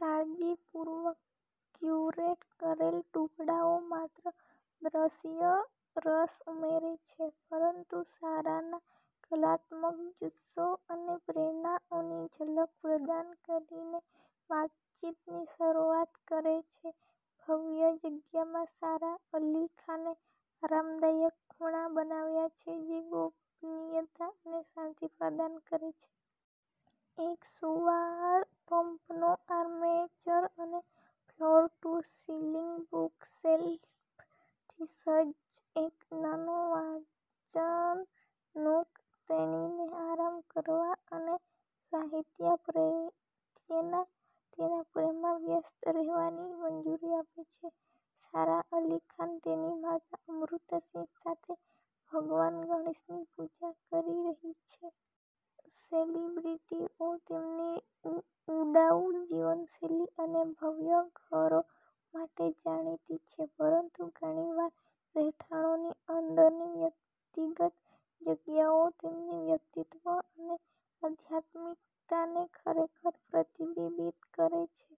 કાળજીપૂર્વક ક્યુરેટ કરેલ ટુકડાઓ માત્ર દ્રશ્ય રસ ઉમેરે છે પરંતુ સારાના કલાત્મક જુસ્સો અને પ્રેરણાઓની ઝલક પ્રદાન કરીને વાતચીતની શરૂઆત કરે છે. ભવ્ય જગ્યામાં સારા અલી ખાને આરામદાયક ખૂણા બનાવ્યા છે જે ગોપનીયતા અને શાંતિ પ્રદાન કરે છે. એક સુંવાળપનો આર્મચેર અને ફ્લોર-ટુ-સીલિંગ બુકશેલ્ફથી સજ્જ એક નાનો વાંચન નૂક, તેણીને આરામ કરવા અને સાહિત્ય પ્રત્યેના તેના પ્રેમમાં વ્યસ્ત રહેવાની મંજૂરી આપે છે. સારા અલી ખાન તેની માતા અમૃતા સિંહ સાથે ભગવાન ગણેશની પૂજા કરી રહી છે. સેલિબ્રિટીઓ તેમની ઉડાઉ જીવનશૈલી અને ભવ્ય ઘરો માટે જાણીતી છે પરંતુ ઘણી વાર રહેઠાણોની અંદરની વ્યક્તિગત જગ્યાઓ તેમની વ્યક્તિત્વ અને આધ્યાત્મિકતાને ખરેખર પ્રતિબિંબિત કરે છે.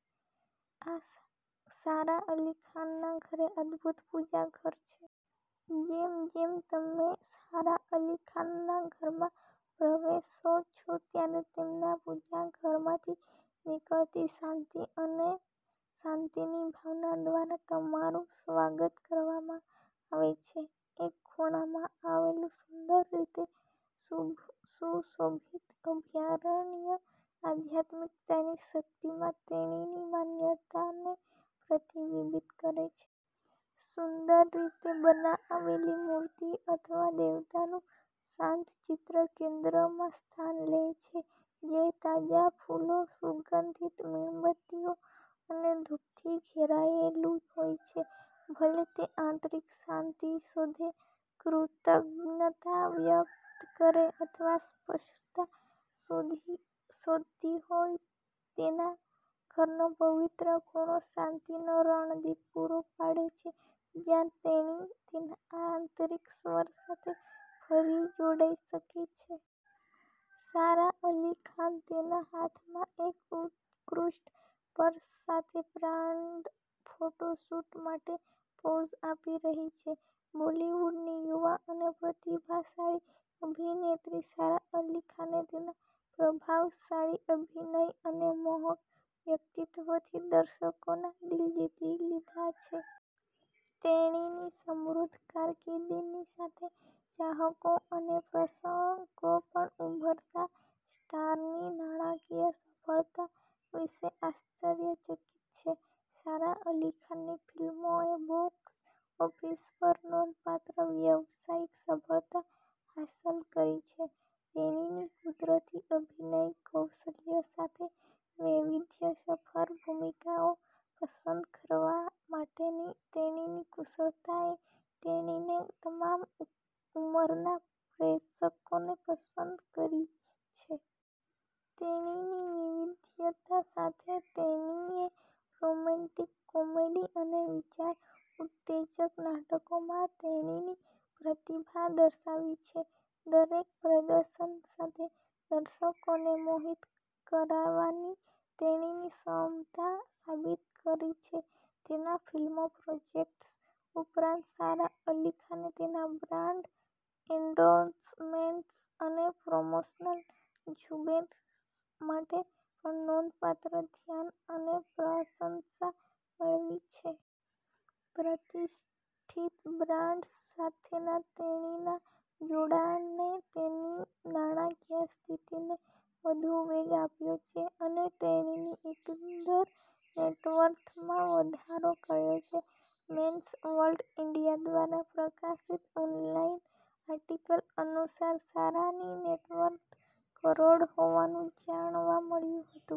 સારા અલી ખાનના ઘરે અદભૂત 'પૂજા ઘર' છે. જેમ જેમ તમે સારા અલી ખાનના ઘરમાં પ્રવેશો છો, ત્યારે તેમના 'પૂજા ઘર' માંથી નીકળતી શાંતિ અને શાંતિની ભાવના દ્વારા તમારું સ્વાગત કરવામાં આવે છે. એક ખૂણામાં આવેલું સુંદર રીતે સુશોભિત અભયારણ્ય આધ્યાત્મિકતાની શક્તિમાં તેણીની માન્યતાને પ્રતિબિંબિત કરે છે. સુંદર રીતે બનાવેલી મૂર્તિ અથવા દેવતાનું શાંત ચિત્ર કેન્દ્રમાં સ્થાન લે છે જે તાજા ફૂલો, સુગંધિત મીણબત્તીઓ અને ધૂપથી ઘેરાયેલું હોય છે. ભલે તે આંતરિક શાંતિ શોધે, કૃતજ્ઞતા વ્યક્ત કરે અથવા સ્પષ્ટતા શોધતી હોય, તેના ઘરનો પવિત્ર ખૂણો શાંતિનો રણદ્વીપ પૂરો પાડે છે જ્યાં તેણી તેના આંતરિક સ્વ સાથે ફરી જોડાઈ શકે છે. સારા અલી ખાન તેના હાથમાં એક ઉત્કૃષ્ટ પર્સ સાથે બ્રાન્ડ ફોટોશૂટ માટે પોઝ આપી રહી છે. બોલિવૂડની યુવા અને પ્રતિભાશાળી અભિનેત્રી સારા અલી ખાને તેના પ્રભાવશાળી અભિનય અને મોહક વ્યક્તિત્વથી દર્શકોના દિલ જીતી લીધા છે. તેણીની સમૃદ્ધ કારકિર્દીની સાથે ચાહકો અને પ્રશંસકો પણ ઉભરતા સ્ટારની નાણાકીય સફળતા વિશે આશ્ચર્યચકિત છે. સારા અલી ખાનની ફિલ્મોએ બોક્સ ઓફિસ પર નોંધપાત્ર વ્યવસાયિક સફળતા હાંસલ કરી છે. તેણીની કુદરતી અભિનય કૌશલ્ય સાથે વૈવિધ્યસભર ભૂમિકાઓ પસંદ કરવા માટેની તેણીની કુશળતાએ તેણીને તમામ ઉંમરના પ્રેક્ષકોને પસંદ કરી છે. તેણીની વૈવિધ્યતા સાથે તેણીએ રોમેન્ટિક કોમેડી અને વિચાર ઉત્તેજક નાટકોમાં તેણીની પ્રતિભા દર્શાવી છે. દરેક પ્રદર્શન સાથે દર્શકોને મોહિત કરવાની તેણીની ક્ષમતા સાબિત કરી છે. તેના ફિલ્મ પ્રોજેક્ટ્સ ઉપરાંત, સારા અલી ખાને તેના બ્રાન્ડ એન્ડોર્સમેન્ટ્સ અને પ્રમોશનલ ઝુંબેશ માટે પણ નોંધપાત્ર ધ્યાન અને પ્રશંસા મેળવી છે. પ્રતિષ્ઠિત બ્રાન્ડ્સ સાથેના તેણીના જોડાણે તેણીની નાણાકીય સ્થિતિને વધુ વેગ આપ્યો છે અને તેણીની એકંદર નેટવર્થમાં વધારો કર્યો છે. 'મેન્સ વર્લ્ડ ઈન્ડિયા' દ્વારા પ્રકાશિત ઓનલાઈન આર્ટિકલ અનુસાર, સારાની નેટવર્થ કરોડ હોવાનું જાણવા મળ્યું હતું.